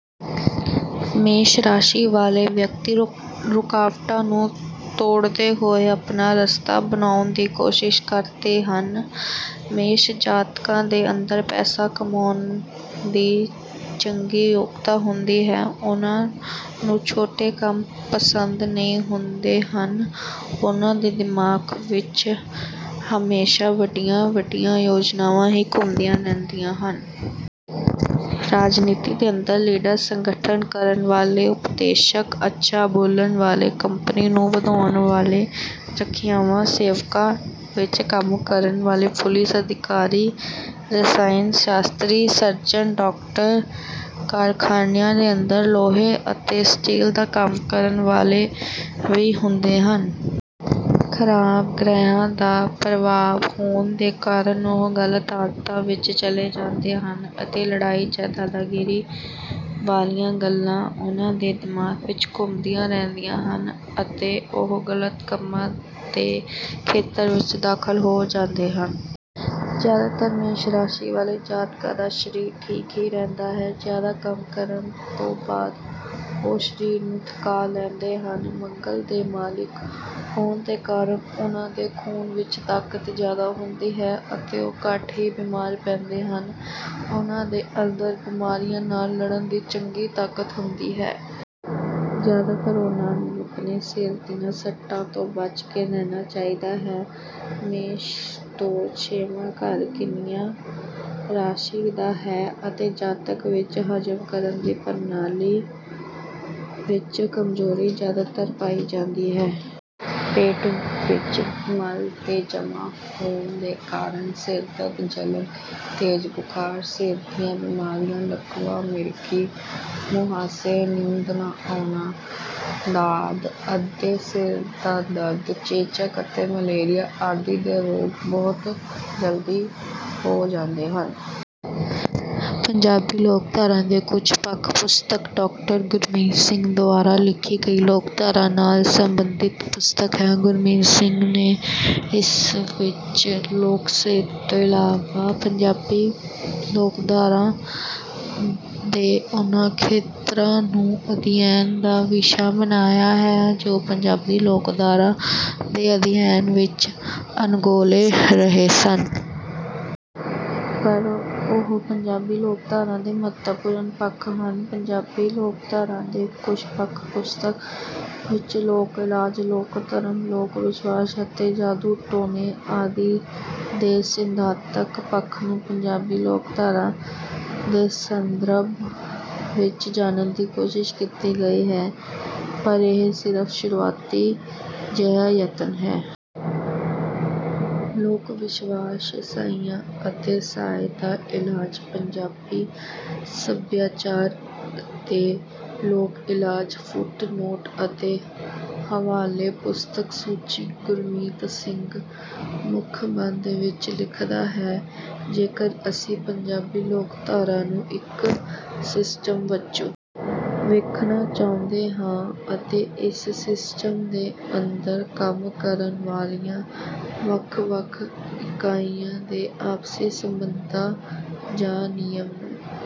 ਮੇਸ਼ ਰਾਸ਼ੀ ਵਾਲੇ ਵਿਅਕਤੀ ਰੁਕਾਵਟਾਂ ਨੂੰ ਤੋੜਦੇ ਹੋਏ ਆਪਣਾ ਰਸਤਾ ਬਣਾਉਣ ਦੀ ਕੋਸ਼ਿਸ਼ ਕਰਦੇ ਹਨ। ਮੇਸ਼ ਜਾਤਕਾਂ ਦੇ ਅੰਦਰ ਪੈਸਾ ਕਮਾਉਣ ਦੀ ਚੰਗੀ ਯੋਗਤਾ ਹੁੰਦੀ ਹੈ ਉਨ੍ਹਾਂ ਨੂੰ ਛੋਟੇ ਕੰਮ ਪਸੰਦ ਨਹੀਂ ਹੁੰਦੇ ਹਨ ਉਨ੍ਹਾਂ ਦੇ ਦਿਮਾਗ ਵਿੱਚ ਹਮੇਸ਼ਾ ਵੱਡੀਆਂ ਵੱਡੀਆਂ ਯੋਜਨਾਵਾਂ ਹੀ ਘੁੰਮਦੀਆਂ ਰਹਿੰਦੀਆਂ ਹਨ। ਰਾਜਨੀਤੀ ਦੇ ਅੰਦਰ ਲੀਡਰ ਸੰਗਠਨ ਕਰਨ ਵਾਲੇ ਉਪਦੇਸ਼ਕ ਅੱਛਾ ਬੋਲਣ ਵਾਲੇ ਕੰਪਨੀ ਨੂੰ ਵਧਾਉਣ ਵਾਲੇ ਰੱਖਿਆ ਸੇਵਾਵਾਂ ਵਿੱਚ ਕੰਮ ਕਰਨ ਵਾਲੇ ਪੁਲਿਸ ਅਧਿਕਾਰੀ ਰਸਾਇਨ ਸ਼ਾਸਤਰੀ ਸਰਜਨ ਡਾਕਟਰ ਕਾਰਖਾਨਿਆਂ ਦੇ ਅੰਦਰ ਲੋਹੇ ਅਤੇ ਸਟੀਲ ਦਾ ਕੰਮ ਕਰਨ ਵਾਲੇ ਵੀ ਹੁੰਦੇ ਹਨ। ਖਰਾਬ ਗ੍ਰਹਿਆਂ ਦਾ ਪ੍ਰਭਾਵ ਹੋਣ ਦੇ ਕਾਰਨ ਉਹ ਗਲਤ ਆਦਤਾਂ ਵਿੱਚ ਚਲੇ ਜਾਂਦੇ ਹਨ ਅਤੇ ਲੜਾਈ ਜਾਂ ਦਾਦਾਗੀਰੀ ਵਾਲੀਆਂ ਗੱਲਾਂ ਉਨ੍ਹਾਂ ਦੇ ਦਿਮਾਗ ਵਿੱਚ ਘੁੰਮਦੀਆਂ ਰਹਿੰਦੀਆਂ ਹਨ ਅਤੇ ਉਹ ਗਲਤ ਕੰਮਾਂ ਦੇ ਖੇਤਰ ਵਿੱਚ ਦਾਖਲ ਹੋ ਜਾਂਦੇ ਹਨ। ਜਿਆਦਾਤਰ ਮੇਸ਼ ਰਾਸ਼ੀ ਵਾਲੇ ਜਾਤਕਾਂ ਦਾ ਸਰੀਰ ਠੀਕ ਹੀ ਰਹਿੰਦਾ ਹੈ ਜਿਆਦਾ ਕੰਮ ਕਰਨ ਤੋਂ ਬਾਅਦ ਉਹ ਸਰੀਰ ਨੂੰ ਥੱਕਾ ਲੈਂਦੇ ਹਨ। ਮੰਗਲ ਦੇ ਮਾਲਕ ਹੋਣ ਦੇ ਕਾਰਨ ਉਨ੍ਹਾਂ ਦੇ ਖੂਨ ਵਿੱਚ ਤਾਕਤ ਜਿਆਦਾ ਹੁੰਦੀ ਹੈ ਅਤੇ ਉਹ ਘੱਟ ਹੀ ਬੀਮਾਰ ਪੈਂਦੇ ਹਨ ਉਨ੍ਹਾਂ ਦੇ ਅੰਦਰ ਬਿਮਾਰੀਆਂ ਨਾਲ ਲੜਨ ਦੀ ਚੰਗੀ ਤਾਕਤ ਹੁੰਦੀ ਹੈ। ਜਿਆਦਾਤਰ ਉਨ੍ਹਾਂ ਨੂੰ ਆਪਣੇ ਸਿਰ ਦੀਆਂ ਸੱਟਾਂ ਤੋਂ ਬਚ ਕੇ ਰਹਿਣਾ ਚਾਹੀਦਾ ਹੈ। ਮੇਸ਼ ਤੋਂ ਛੇਵਾਂ ਘਰ ਕੰਨਿਆ ਰਾਸ਼ੀ ਦਾ ਹੈ ਅਤੇ ਜਾਤਕ ਵਿੱਚ ਹਜ਼ਮ ਕਰਨ ਦੀ ਪ੍ਰਣਾਲੀ ਵਿੱਚ ਕਮਜ਼ੋਰੀ ਜਿਆਦਾਤਰ ਪਾਈ ਜਾਂਦੀ ਹੈ। ਪੇਟ ਵਿੱਚ ਮਲ ਦੇ ਜਮ੍ਹਾਂ ਹੋਣ ਦੇ ਕਾਰਨ ਸਿਰਦਰਦ ਜਲਨ ਤੇਜ਼ ਬੁਖਾਰ ਸਿਰ ਦੀਆਂ ਬੀਮਾਰੀਆਂ ਲਕਵਾ ਮਿਰਗੀ ਮੁਹਾਸੇ ਨੀਂਦ ਨਾ ਆਉਣਾ ਦਾਦ ਅੱਧੇ ਸਿਰ ਦਾ ਦਰਦ ਚੇਚਕ ਅਤੇ ਮਲੇਰੀਆ ਆਦਿ ਦੇ ਰੋਗ ਬਹੁਤ ਜਲਦੀ ਹੋ ਜਾਂਦੇ ਹਨ। ਪੰਜਾਬੀ ਲੋਕਧਾਰਾ ਦੇ ਕੁਝ ਪੱਖ ਪੁਸਤਕ ਡਾਕਟਰ ਗੁਰਮੀਤ ਸਿੰਘ ਦੁਆਰਾ ਲਿਖੀ ਗਈ ਲੋਕਧਾਰਾ ਨਾਲ ਸਬੰਧਿਤ ਪੁਸਤਕ ਹੈ। ਗੁਰਮੀਤ ਸਿੰਘ ਨੇ ਇਸ ਵਿੱਚ ਲੋਕ ਸਾਹਿਤ ਤੋਂ ਇਲਾਵਾ ਪੰਜਾਬੀ ਲੋਕਧਾਰਾ ਦੇ ਉਨ੍ਹਾਂ ਖੇਤਰਾਂ ਨੂੰ ਅਧਿਐਨ ਦਾ ਵਿਸ਼ਾ ਬਣਾਇਆ ਹੈ ਜੋ ਪੰਜਾਬੀ ਲੋਕਧਾਰਾ ਦੇ ਅਧਿਐਨ ਵਿੱਚ ਅਣਗੌਲੇ ਰਹੇ ਸਨ। ਪਰ ਉਹ ਪੰਜਾਬੀ ਲੋਕਧਾਰਾ ਦੇ ਮਹੱਤਵਪੂਰਨ ਪੱਖ ਹਨ। ਪੰਜਾਬੀ ਲੋਕਧਾਰਾ ਦੇ ਕੁਝ ਪੱਖ ਪੁਸਤਕ ਵਿੱਚ ਲੋਕ ਇਲਾਜ ਲੋਕ ਧਰਮ ਲੋਕ ਵਿਸ਼ਵਾਸ ਅਤੇ ਜਾਦੂ ਟੂਣੇ ਆਦਿ ਦੇ ਸਿਧਾਂਤਕ ਪੱਖ ਨੂੰ ਪੰਜਾਬੀ ਲੋਕਧਾਰਾ ਦੇ ਸੰਦਰਭ ਵਿੱਚ ਜਾਣਨ ਦੀ ਕੋਸ਼ਿਸ਼ ਕੀਤੀ ਗਈ ਹੈ ਪਰ ਇਹ ਸਿਰਫ ਸ਼ੁਰੂਆਤੀ ਜਿਹਾ ਯਤਨ ਹੈ। ਲੋਕ ਵਿਸ਼ਵਾਸ ਸਾਇਆ ਅਤੇ ਸਾਏ ਦਾ ਇਲਾਜ ਪੰਜਾਬੀ ਸਭਿਆਚਾਰ ਅਤੇ ਲੋਕ ਇਲਾਜ ਫੁੱਟ ਨੋਟ ਅਤੇ ਹਵਾਲੇ ਪੁਸਤਕ ਸੂਚੀ ਗੁਰਮੀਤ ਸਿੰਘ ਮੁੱਖ ਬੰਦ ਵਿੱਚ ਲਿਖਦਾ ਹੈ ਜੇਕਰ ਅਸੀਂ ਪੰਜਾਬੀ ਲੋਕਧਾਰਾ ਨੂੰ ਇੱਕ ਸਿਸਟਮ ਵਜੋਂ ਵੇਖਣਾ ਚਾਹੁੰਦੇ ਹਾਂ ਅਤੇ ਇਸ ਸਿਸਟਮ ਦੇ ਅੰਦਰ ਕੰਮ ਕਰਨ ਵਾਲੀਆਂ ਵੱਖ ਵੱਖ ਇਕਾਈਆਂ ਦੇ ਆਪਸੀ ਸਬੰਧਾਂ ਜਾਂ ਨਿਯਮ ਨੂੰ